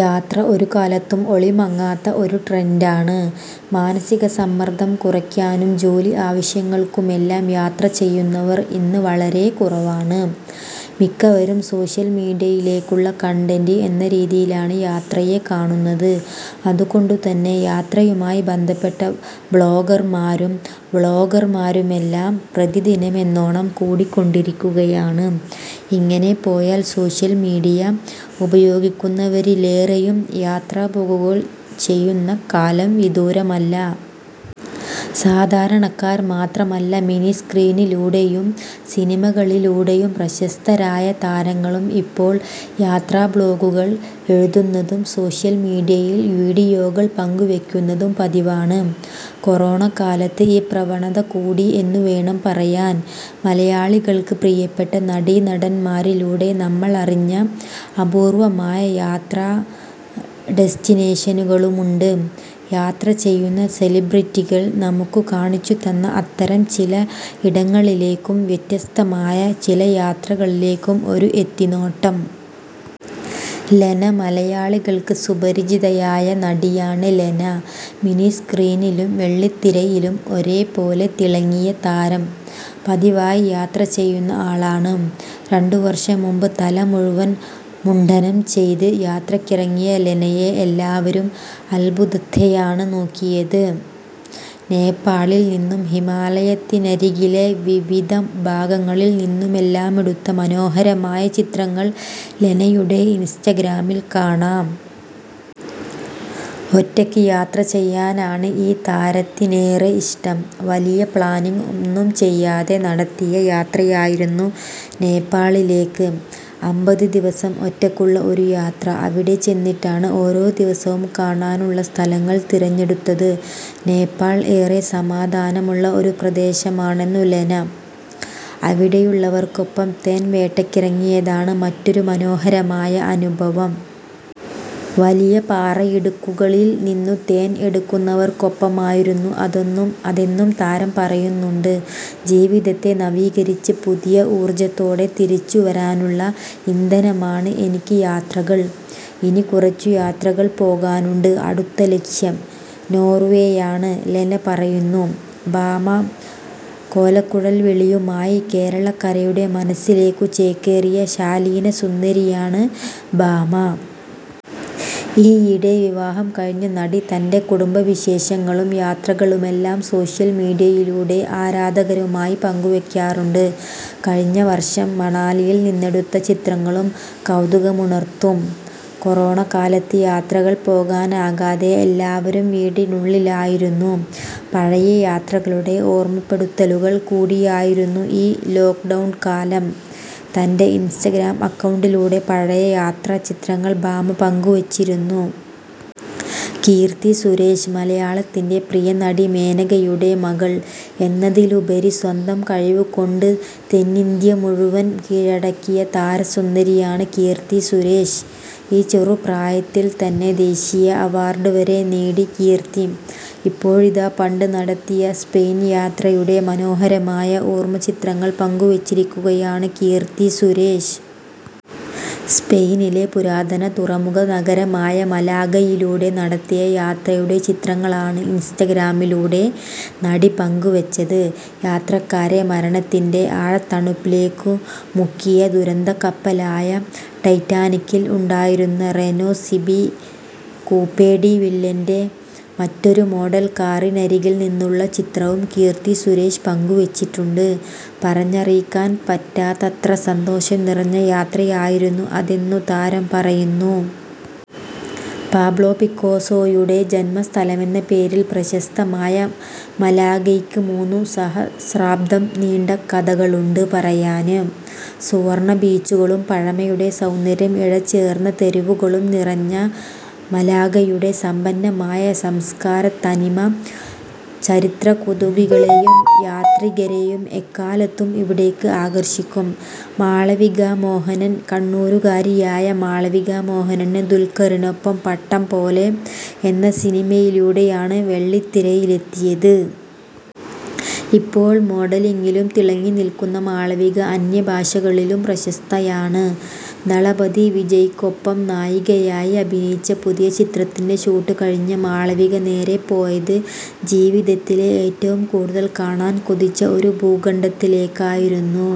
യാത്ര ഒരു കാലത്തും ഒളിമങ്ങാത്ത ഒരു ട്രെന്‍ഡാണ്. മാനസിക സമ്മര്‍ദ്ദം കുറയ്ക്കാനും ജോലി ആവശ്യങ്ങൾക്കു മെല്ലാം യാത്ര ചെയ്യുന്നവർ ഇന്ന് വളരെക്കുറവാണ്. മിക്കവരും സോഷ്യല്‍ മീഡിയയിലിലേക്കുള്ള കണ്ടന്റ് എന്ന രീതിയിലാണ് യാത്രയെ കാണുന്നത്. അതുകൊണ്ടുതന്നെ യാത്രയുമായി ബന്ധപ്പെട്ട ബ്ലോഗർമാരും വ്ലോഗർമാരുമെല്ലാം പ്രതിദിനമെന്നോണം കൂടിക്കൊണ്ടിരിക്കുകയാണ്. ഇങ്ങനെ പോയാല്‍ സോഷ്യല്‍ മീഡിയ ഉപയോഗിക്കുന്നവരിലേറെയും യാത്രാബ്ലോഗുകൾ ചെയ്യുന്ന കാലം വിദൂരമല്ല. സാധാരണക്കാര്‍ മാത്രമല്ല, മിനിസ്ക്രീനിലൂടെയും സിനിമകളിലൂടെയും പ്രശസ്തരായ താരങ്ങളും ഇപ്പോള്‍ യാത്രാബ്ലോഗുകൾ എഴുതുന്നതും സോഷ്യല്‍ മീഡിയയിൽ വീഡിയോകള്‍ പങ്കുവയ്ക്കുന്നതും പതിവാണ്. കൊറോണക്കാലത്ത് ഈ പ്രവണത കൂടി എന്നുവേണം പറയാന്‍. മലയാളികള്‍ക്ക് പ്രിയപ്പെട്ട നടീനടന്മാരിലൂടെ നമ്മളറിഞ്ഞ അപൂര്‍വമായ യാത്രാ ഡെസ്റ്റിനേഷനുകളുമുണ്ട്. യാത്ര ചെയ്യുന്ന സെലിബ്രിറ്റികൾ നമുക്കു കാണിച്ചുതന്ന അത്തരം ചില ഇടങ്ങളിലേക്കും വ്യത്യസ്തമായ ചില യാത്രകളിലേക്കും ഒരു എത്തിനോട്ടം. ലെന മലയാളികള്‍ക്ക് സുപരിചിതയായ നടിയാണ് ലെന. മിനിസ്ക്രീനിലും വെള്ളിത്തിരയിലും ഒരേപോലെ തിളങ്ങിയ താരം പതിവായി യാത്ര ചെയ്യുന്ന ആളാണ്. രണ്ടു വര്‍ഷം മുമ്പ്, തല മുഴുവന്‍ മുണ്ഡനം ചെയ്ത് യാത്രയ്ക്കിറങ്ങിയ ലെനയെ എല്ലാവരും അദ്ഭുതത്തെയാണ് നോക്കിയത്. നേപ്പാളില്‍ നിന്നും ഹിമാലയത്തിനരികിലെ വിവിധ ഭാഗങ്ങളില്‍ നിന്നുമെല്ലാമെടുത്ത മനോഹരമായ ചിത്രങ്ങള്‍ ലെനയുടെ ഇന്സ്റ്റഗ്രാമിൽ കാണാം. ഒറ്റയ്ക്ക് യാത്ര ചെയ്യാനാണ് ഈ താരത്തിനേറെ ഇഷ്ടം. വലിയ പ്ലാനിങ് ഒന്നും ചെയ്യാതെ നടത്തിയ യാത്രയായിരുന്നു നേപ്പാളിലേക്ക്. അമ്പത് ദിവസം ഒറ്റയ്ക്കുള്ള ഒരു യാത്ര. അവിടെ ചെന്നിട്ടാണ് ഓരോ ദിവസവും കാണാനുള്ള സ്ഥലങ്ങൾ തിരഞ്ഞെടുത്തത്. നേപ്പാൾ ഏറെ സമാധാനമുള്ള ഒരു പ്രദേശമാണെന്നു ലെന. അവിടുള്ളവർക്കൊപ്പം തേൻ വേട്ടയ്ക്കിറങ്ങിയതാണ് മറ്റൊരു മനോഹരമായ അനുഭവം. വലിയ പാറയിടുക്കുകളിൽ നിന്നു തേൻ എടുക്കുന്നവർക്കൊപ്പമായിരുന്നു അതെന്നും താരം പറയുന്നുണ്ട്. ' ജീവിതത്തെ നവീകരിച്ച് പുതിയ ഊർജത്തോടെ തിരിച്ചുവരാനുള്ള ഇന്ധനമാണ് എനിക്ക് യാത്രകൾ. ഇനി കുറച്ചു യാത്രകൾ പോകാനുണ്ട്. അടുത്ത ലക്ഷ്യം നോർവേയാണ് ' ലെന പറയുന്നു. ഭാമ കോലക്കുഴൽവിളിയുമായി കേരളക്കരയുടെ മനസ്സിലേക്കു ചേക്കേറിയ ശാലീനസുന്ദരിയാണ് ഭാമ. ഈയിടെ വിവാഹം കഴിഞ്ഞ നടി തന്‍റെ കുടുംബവിശേഷങ്ങളും യാത്രകളുമെല്ലാം സോഷ്യല്‍ മീഡിയയിലൂടെ ആരാധകരുമായി പങ്കുവയ്ക്കാറുണ്ട്. കഴിഞ്ഞ വര്‍ഷം മണാലിയിൽ നിന്നെടുത്ത ചിത്രങ്ങളും കൗതുകമുണർത്തൂം. കൊറോണക്കാലത്ത് യാത്രകൾ പോകാനാകാതെ എല്ലാവരും വീടിനുള്ളിലായിരുന്നു. പഴയ യാത്രകളുടെ ഓർമപ്പെടുത്തലുകൾ കൂടിയായിരുന്നു ഈ ലോക്ഡൗൺകാലം. തന്‍റെ ഇന്സ്റ്റഗ്രാം അക്കൗണ്ടിലൂടെ പഴയ യാത്രാചിത്രങ്ങൾ ഭാമ പങ്കു വച്ചിരുന്നു. കീര്‍ത്തി സുരേഷ് മലയാളത്തിന്‍റെ പ്രിയനടി മേനകയുടെ മകള്‍ എന്നതിലുപരി സ്വന്തം കഴിവുകൊണ്ട് തെന്നിന്ത്യ മുഴുവന്‍ കീഴടക്കിയ താരസുന്ദരിയാണ് കീര്‍ത്തി സുരേഷ്. ഈ ചെറുപ്രായത്തിൽത്തന്നെ ദേശീയ അവാര്‍ഡ് വരെ നേടി കീര്‍ത്തി. ഇപ്പോഴിതാ പണ്ട് നടത്തിയ സ്പെയിന് യാത്രയുടെ മനോഹരമായ ഓര്‍മ ചിത്രങ്ങള്‍ പങ്കുവച്ചിരിക്കുകയാണ് കീര്‍ത്തി സുരേഷ്. സ്പെയിനിലെ പുരാതന തുറമുഖ നഗരമായ മലാഗയിലൂടെ നടത്തിയ യാത്രയുടെ ചിത്രങ്ങളാണ് ഇന്സ്റ്റഗ്രാമിലൂടെ നടി പങ്കുവച്ചത്. യാത്രക്കാരെ മരണത്തിന്‍റെ ആഴത്തണുപ്പിലേക്കു മുക്കിയ ദുരന്തക്കപ്പലായ ടൈറ്റാനിക്കിൽ ഉണ്ടായിരുന്ന റെനോ സിബി കൂപ്പേ ഡി വില്ലിന്‍റെ മറ്റൊരു മോഡൽ കാറിനരികിൽ നിന്നുള്ള ചിത്രവും കീർത്തി സുരേഷ് പങ്കുവച്ചിട്ടുണ്ട്. പറഞ്ഞറിയിക്കൻ പറ്റാത്തത്ര സന്തോഷം നിറഞ്ഞ യാത്രയായിരുന്നു അതെന്നു താരം പറയുന്നു. പാബ്ലോ പിക്കാസോയുടെ ജന്മസ്ഥലമെന്ന പേരില്‍ പ്രശസ്തമായ മലാഗയ്ക്ക് മൂന്നു സഹസ്രാബ്ദം നീണ്ട കഥകളുണ്ട് പറയാന്. സുവര്‍ണ്ണ ബീച്ചുകളും പഴമയുടെ സൗന്ദര്യം ഇഴ ചേര്‍ന്ന തെരുവുകളും നിറഞ്ഞ മലാഗയുടെ സമ്പന്നമായ സംസ്കാരത്തനിമ ചരിത്രകുതുകികളെയും യാത്രികരെയും എക്കാലത്തും ഇവിടേക്ക് ആകര്‍ഷിക്കും. മാളവിക മോഹനൻ കണ്ണൂരുകാരിയായ മാളവിക മോഹനന്, ദുൽക്കറിനൊപ്പം ' പട്ടം പോലെ ' എന്ന സിനിമയിലൂടെയാണ് വെള്ളിത്തിരയിലെത്തിയത്. ഇപ്പോള്‍ മോഡലിങ്ങിലും തിളങ്ങി നില്‍ക്കുന്ന മാളവിക അന്യഭാഷകളിലും പ്രശസ്തയാണ്. ദളപതി വിജയ്ക്കൊപ്പം നായികയായി അഭിനയിച്ച പുതിയ ചിത്രത്തിന്‍റെ ഷൂട്ട് കഴിഞ്ഞ് മാളവിക നേരേ പോയത് ജീവിതത്തില്‍ ഏറ്റവും കൂടുതല്‍ കാണാന്‍ കൊതിച്ച ഒരു ഭൂഖണ്ഡത്തിലേക്കായിരുന്നു.